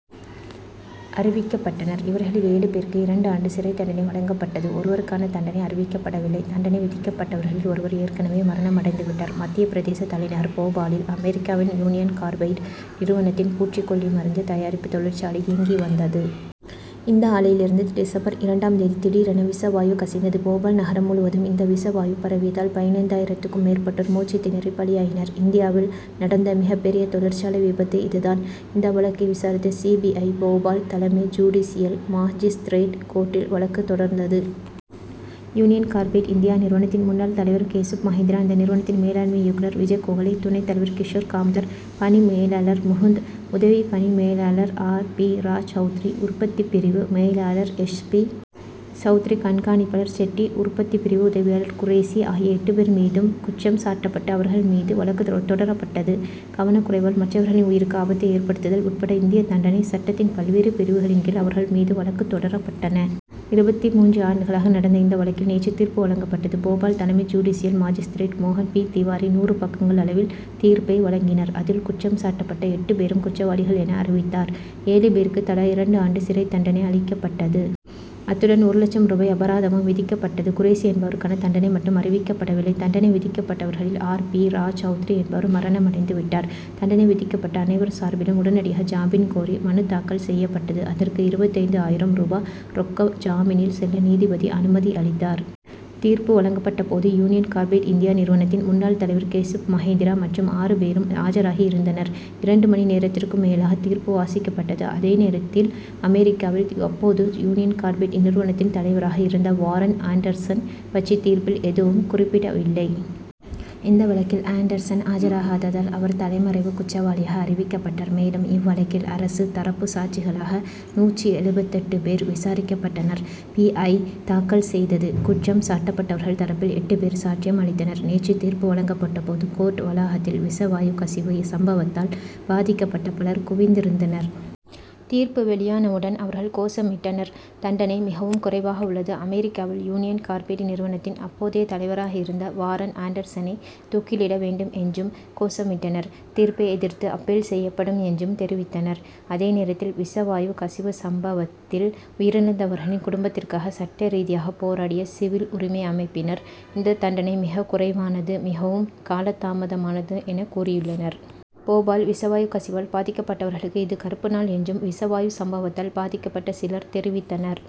அறிவிக்கப்பட்டனர். இவர்களில் ஏழு பேருக்கு இரண்டு ஆண்டு சிறைத் தண்டனை வழங்கப்பட்டது. ஒருவருக்கான தண்டனை அறிவிக்கப்படவில்லை. தண்டனை விதிக்கப்பட்டவர்களில் ஒருவர் ஏற்கனவே மரணம் அடைந்து விட்டார். மத்திய பிரதேச தலைநகர் போபாலில், அமெரிக்காவின் யூனியன் கார்பைடு நிறுவனத்தின் பூச்சிக்கொல்லி மருந்து தயாரிப்பு தொழிற்சாலை இயங்கி வந்தது. இந்த ஆலையிலிருந்து டிசம்பர் இரண்டாம் தேதி திடீரென விஷவாயு கசிந்தது. போபால் நகரம் முழுவதும் இந்த விஷவாயு பரவியதால், பதினைந்தாயிரத்திற்கும் மேற்பட்டோர் மூச்சுத் திணறி பலியாயினர். இந்தியாவில் நடந்த மிகப்பெரிய தொழிற்சாலை விபத்து இதுதான். இந்த வழக்கை விசாரித்த சி. பி. ஐ., போபால் தலைமை ஜுடிசியல் மாஜிஸ்திரேட் கோர்ட்டில் வழக்கு தொடர்ந்தது. யூனியன் கார்பைடு இந்தியா நிறுவனத்தின் முன்னாள் தலைவர் கேசுப் மகேந்திரா, அந்த நிறுவனத்தின் மேலாண்மை இயக்குனர் விஜ கோகலே, துணைத் தலைவர் கிஷோர் காம்தர், பணி மேலாளர் முகுந்த், உதவி பணி மேலாளர் ஆர். பி. ரா சவுத்ரி, உற்பத்திப் பிரிவு மேலாளர் எஸ். பி. சவுத்ரி, கண்காணிப்பாளர் ஷெட்டி, உற்பத்தி பிரிவு உதவியாளர் குரேஷி ஆகிய எட்டு பேர் மீது குற்றம் சாட்டப்பட்டு, அவர்கள் மீது வழக்கு தொடரப்பட்டது. கவனக்குறைவால் மற்றவர்களின் உயிருக்கு ஆபத்தை ஏற்படுத்துதல் உட்பட இந்திய தண்டனை சட்டத்தின் பல்வேறு பிரிவுகளின் கீழ், அவர்கள் மீது வழக்கு தொடரப்பட்டன. இருபத்து மூன்று ஆண்டுகளாக நடந்த இந்த வழக்கில் நேற்று தீர்ப்பு வழங்கப்பட்டது. போபால் தலைமை ஜுடிசியல் மாஜிஸ்திரேட் மோகன் பி. திவாரி, நூறு பக்கங்கள் அளவில் தீர்ப்பை வழங்கினார். அதில், குற்றம் சாட்டப்பட்ட எட்டு பேரும் குற்றவாளிகள் என, அறிவித்தார். ஏழு பேருக்கு தலா இரண்டு ஆண்டு சிறைத் தண்டனை அளிக்கப்பட்டது. அத்துடன் ஒரு லட்சம் ரூபாய் அபராதமும் விதிக்கப்பட்டது. குரேஷி என்பவருக்கான தண்டனை மட்டும் அறிவிக்கப்படவில்லை. தண்டனை விதிக்கப்பட்டவர்களில் ஆர். பி. ரா சவுத்ரி என்பவர் மரணம் அடைந்து விட்டார். தண்டனை விதிக்கப்பட்ட அனைவர் சார்பிலும் உடனடியாக, ஜாமீன் கோரி மனு தாக்கல் செய்யப்பட்டது. அதற்கு இருபத்தைந்து ஆயிரம் ரூபா ரொக்க ஜாமீனில் செல்ல நீதிபதி அனுமதி அளித்தார். தீர்ப்பு வழங்கப்பட்ட போது, யூனியன் கார்பைடு இந்தியா நிறுவனத்தின், முன்னாள் தலைவர் கேசுப் மகேந்திரா மற்றும் ஆறு பேரும் ஆஜராகி இருந்தனர். இரண்டு மணி நேரத்திற்கும் மேலாக தீர்ப்பு வாசிக்கப்பட்டது. அதே நேரத்தில், அமெரிக்காவில் அப்போது யூனியன் கார்பைடு நிறுவனத்தின் தலைவராக இருந்த வாரன் ஆன்டர்சன் பற்றி தீர்ப்பில் எதுவும் குறிப்பிடப்படவில்லை. இந்த வழக்கில் ஆன்டர்சன் ஆஜராகாததால், அவர் தலைமறைவு குற்றவாளியாக அறிவிக்கப்பட்டார். மேலும், இவ்வழக்கில் அரசு தரப்பு சாட்சிகளாக நூற்று எழுபத்தெட்டு பேர் விசாரிக்கப்பட்டனர். பி. ஐ., தாக்கல் செதது. குற்றம் சாட்டப்பட்டவர்கள் தரப்பில் எட்டு பேர் சாட்சியம் அளித்தனர். நேற்று தீர்ப்பு வழங்கப்பட்ட போது, கோர்ட் வளாகத்தில், விஷவாயு கசிவு சம்பவத்தால் பாதிக்கப்பட்ட பலர் குவிந்திருந்தனர். தீர்ப்பு வெளியானவுடன் அவர்கள் கோஷமிட்டனர். தண்டனை மிகவும் குறைவாக உள்ளது. அமெரிக்காவில் யூனியன் கார்பைடு நிறுவனத்தின் அப்போதைய தலைவராக இருந்த வாரன் ஆன்டர்சனை தூக்கிலிட வேண்டும்' என்றும் கோஷமிட்டனர். தீர்ப்பை எதிர்த்து அப்பீல் செய்யப்படும் என்றும் தெரிவித்தனர். அதேநேரத்தில், விஷவாயு கசிவு சம்பவத்தில் உயிரிழந்தவர்களின் குடும்பத்திற்காக சட்ட ரீதியாக போராடிய சிவில் உரிமை அமைப்பினர், இந்தத் தண்டனை மிக குறைவானது, மிகவும் காலதாமதமானது என, கூறியுள்ளனர். போபால் விஷவாயு கசிவால் பாதிக்கப்பட்டவர்களுக்கு இது கறுப்பு நாள் என்றும் விஷ வாயு சம்பவத்தால் பாதிக்கப்பட்ட சிலர் தெரிவித்தனர்.